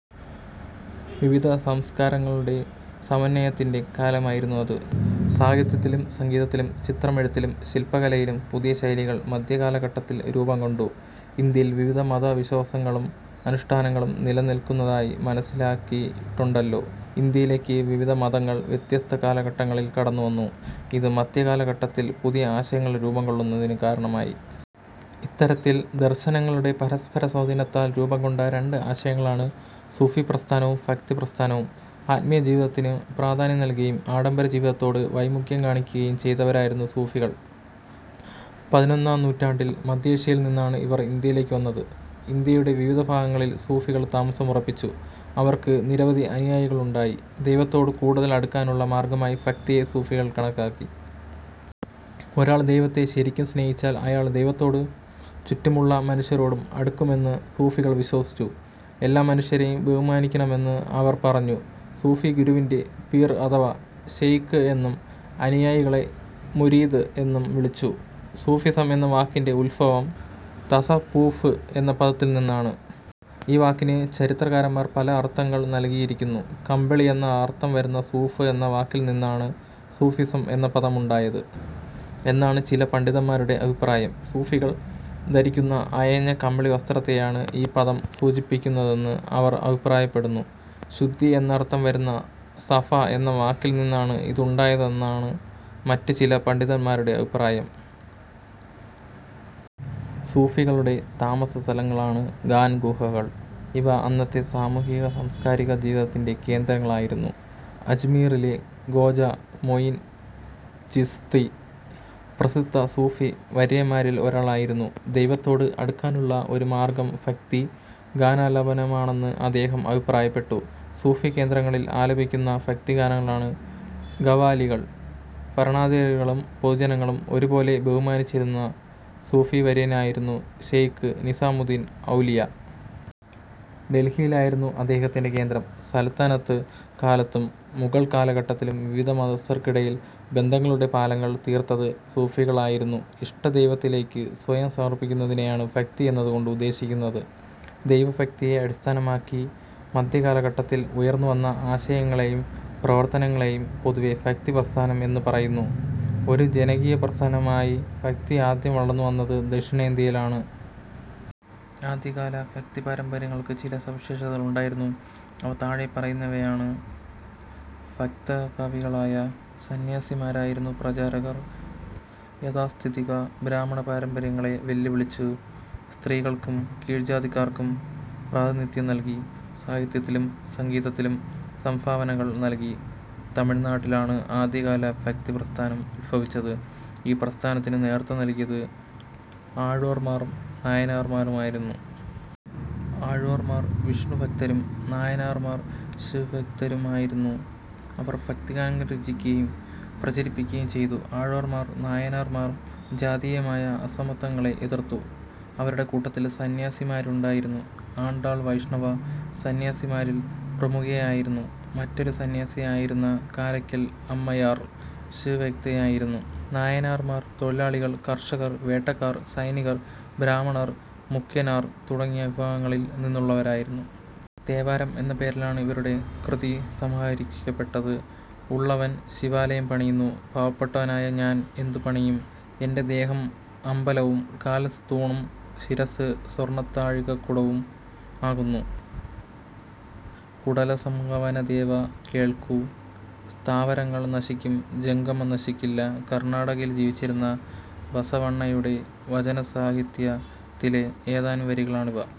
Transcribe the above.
വിവിധ സംസ്കാരങ്ങളുടെ സമന്വയത്തിന്റെ കാലമായിരുന്നു അത്. സാഹിത്യത്തിലും സംഗീതത്തിലും ചിത്രമെഴുത്തിലും ശില്പകലയിലും പുതിയ ശൈലികൾ മധ്യകാലഘട്ടത്തിൽ രൂപം കൊണ്ടു. ഇന്ത്യയിൽ വിവിധ മതവിശ്വാസങ്ങളും അനുഷ്ഠാനങ്ങളും നിലനിൽക്കുന്നതായി മനസ്സിലാക്കിയിട്ടുണ്ടല്ലോ. ഇന്ത്യയിലേക്ക് വിവിധ മതങ്ങൾ വ്യത്യസ്ത കാലഘട്ടങ്ങളിൽ കടന്നുവന്നു. ഇത് മധ്യകാലഘട്ടത്തിൽ പുതിയ ആശയങ്ങൾ രൂപം കൊള്ളുന്നതിനു കാരണമായി. ഇത്തരത്തിൽ ദർശനങ്ങളുടെ പരസ്പരസ്വാധീനത്താൽ രൂപംകൊണ്ട രണ്ട് ആശയങ്ങളാണ് സൂഫിപ്രസ്ഥാനവും ഭക്തിപ്രസ്ഥാനവും. ആത്മീയ ജീവിതത്തിനു പ്രാധാന്യം നൽകുകയും ആഡംബരജീവിതത്തോട് വൈമുഖ്യം കാണിക്കുകയും ചെയ്തവരായിരുന്നു സൂഫികൾ. പതിനൊന്നാം നൂറ്റാണ്ടിൽ മധ്യേഷ്യയിൽ നിന്നാണ് ഇവർ ഇന്ത്യയിലേക്കു വന്നത്. ഇന്ത്യയുടെ വിവിധ ഭാഗങ്ങളിൽ സൂഫികൾ താമസമുറപ്പിച്ചു. അവർക്ക് നിരവധി അനുയായികളുണ്ടായി. ദൈവത്തോടു കൂടുതൽ അടുക്കാനുള്ള മാർഗമായി ഭക്തിയെ സൂഫികൾ കണക്കാക്കി. ഒരാൾ ദൈവത്തെ ശരിക്കും സ്നേഹിച്ചാൽ അയാൾ ദൈവത്തോടും ചുറ്റുമുള്ള മനുഷ്യരോടും അടുക്കുമെന്ന് സൂഫികൾ വിശ്വസിച്ചു. എല്ലാ മനുഷ്യരെയും ബഹുമാനിക്കണമെന്ന് അവർ പറഞ്ഞു. സൂഫിഗുരുവിനെ പീർ അഥവാ ശെയ്ഖ് എന്നും അനുയായികളെ മുരീദ് എന്നും വിളിച്ചു. സൂഫിസം എന്ന വാക്കിന്റെ ഉത്ഭവം തസപ്പൂഫ് എന്ന പദത്തിൽ നിന്നാണ്. ഈ വാക്കിന് ചരിത്രകാരന്മാർ പല അർഥങ്ങൾ നൽകിയിരിക്കുന്നു. കമ്പിളി എന്ന അർഥം വരുന്ന സൂഫ് എന്ന വാക്കിൽ നിന്നാണ് സൂഫിസം എന്ന പദമുണ്ടായത് എന്നാണ് ചില പണ്ഡിതന്മാരുടെ അഭിപ്രായം. സൂഫികൾ ധരിക്കുന്ന അയഞ്ഞ കമ്പിളിവസ്ത്രത്തെയാണ് ഈ പദം സൂചിപ്പിക്കുന്നതെന്ന് അവർ അഭിപ്രായപ്പെടുന്നു. ശുദ്ധി എന്നർഥം വരുന്ന സഫ എന്ന വാക്കിൽനിന്നാണ് ഇതുണ്ടായതെന്നാണ് മറ്റു ചില പണ്ഡിതന്മാരുടെ അഭിപ്രായം. സൂഫികളുടെ താമസസ്ഥലങ്ങളാണ് ഖാൻ ഗാഹുകൾ. ഇവ അന്നത്തെ സാമൂഹിക സാംസ്കാരിക ജീവിതത്തിന്റെ കേന്ദ്രങ്ങളായിരുന്നു. അജ്മീറിലെ ഖ്വാജാ മൊയീൻ ചിശ്തി പ്രസിദ്ധ സൂഫി വര്യന്മാരിൽ ഒരാളായിരുന്നു. ദൈവത്തോട് അടുക്കാനുള്ള ഒരു മാർഗം ഭക്തി ഗാനാലാപനമാണെന്ന് അദ്ദേഹം അഭിപ്രായപ്പെട്ടു. സൂഫീ കേന്ദ്രങ്ങളിൽ ആലപിക്കുന്ന ഭക്തിഗാനങ്ങളാണ് ഖവാലികൾ. ഭരണാധികാരികളും പൊതുജനങ്ങളും ഒരു പോലെ ബഹുമാനിച്ചിരുന്ന സൂഫീവര്യനായിരുന്നു ശെയ്ഖ് നിസാമുദ്ദീൻ ഔലിയ. ഡൽഹിയിലായിരുന്നു അദ്ദേഹത്തിന്റെ കേന്ദ്രം. സൽത്തനത്ത് കാലത്തും മുഗൾ കാലഘട്ടത്തിലും വിവിധ മതസ്ഥർക്കിടയിൽ ബന്ധങ്ങളുടെ പാലങ്ങൾ തീർത്തത് സൂഫികളായിരുന്നു. ഇഷ്ടദൈവത്തിലേക്ക് സ്വയം സമർപ്പിക്കുന്നതിനെയാണ് ഭക്തി എന്നതു കൊണ്ട് ഉദേശിക്കുന്നത്. ദൈവഭക്തിയെ അടിസ്ഥാനമാക്കി മധ്യകാലഘട്ടത്തിൽ ഉയർന്നുവന്ന ആശയങ്ങളെയും പ്രവർത്തനങ്ങളെയും പൊതുവെ ഭക്തി പ്രസ്ഥാനം എന്നു പറയുന്നു. ഒരു ജനകീയപ്രസ്ഥാനമായി ഭക്തി ആദ്യം വളർന്നു വന്നത് ദക്ഷിണേന്ത്യയിലാണ്. ആദ്യകാല ഭക്തിപാരമ്പര്യങ്ങൾക്ക് ചില സവിശേഷതകൾ ഉണ്ടായിരുന്നു. അവ താഴെ പറയുന്നവയാണ്. ഭക്തകവികളായ സന്ന്യാസിമാരായിരുന്നു പ്രചാരകർ. യാഥാസ്ഥിതിക ബ്രാഹ്മണ പാരമ്പര്യങ്ങളെ വെല്ലുവിളിച്ചു. സ്ത്രീകൾക്കും കീഴ്ജാതിക്കാർക്കും പ്രാതിനിധ്യം നൽകി. സാഹിത്യത്തിലും സംഗീതത്തിലും സംഭാവനകൾ നൽകി. തമിഴ്നാട്ടിലാണ് ആദ്യകാല ഭക്തിപ്രസ്ഥാനം ഉദ്ഭവിച്ചത്. ഈ പ്രസ്ഥാനത്തിനു നേതൃത്വം നൽകിയത് ആഴ്വാർമാരും നായനാർമാരുമായിരുന്നു. ആഴ്വാർമാർ വിഷ്ണുഭക്തരും നായനാർമാർ ശിവഭക്തരുമായിരുന്നു. അവർ ഭക്തിഗാനങ്ങൾ രചിക്കുകയും പ്രചരിപ്പിക്കുകയും ചെയ്തു. ആഴ്വാർമാരും നായനാർമാരും ജാതീയമായ അസമത്വങ്ങളെ എതിർത്തു. അവരുടെ കൂട്ടത്തിൽ സന്ന്യാസിനിമാരുമുണ്ടായിരുന്നു. ആണ്ടാൾ വൈഷ്ണവ, സന്ന്യാസിനിമാരിൽ പ്രമുഖയായിരുന്നു. മറ്റൊരു സന്ന്യാസിനിയായിരുന്ന കാരയ്ക്കൽ അമ്മയാർ ശിവഭക്തയായിരുന്നു. നായനാർമാർ തൊഴിലാളികൾ, കർഷകർ, വേട്ടക്കാർ, സൈനികർ, ബ്രാഹ്മണർ, മുഖ്യനാർ തുടങ്ങിയ വിഭാഗങ്ങളിൽ നിന്നുള്ളവരായിരുന്നു. തേവാരം എന്ന പേരിലാണ് ഇവരുടെ കൃതിസമാഹരിക്കപ്പെട്ടത്. ഉള്ളവൻ ശിവാലയം പണിയുന്നു. പാവപ്പെട്ടവനായ ഞാൻ എന്തു പണിയും? എന്റെ ദേഹം അമ്പലവും കാൽ തൂണും ശിരസ്സ് സ്വർണത്താഴികക്കുടവും ആകുന്നു. കുടലസംഗമദേവാ കേൾക്കു സ്ഥാവരങ്ങൾ നശിക്കും, ജംഗമം നശിക്കില്ല. കർണാടകയിൽ ജീവിച്ചിരുന്ന ബസവണ്ണയുടെ വചന സാഹിത്യ ത്തിലെ ഏതാനും വരികളാണിവ.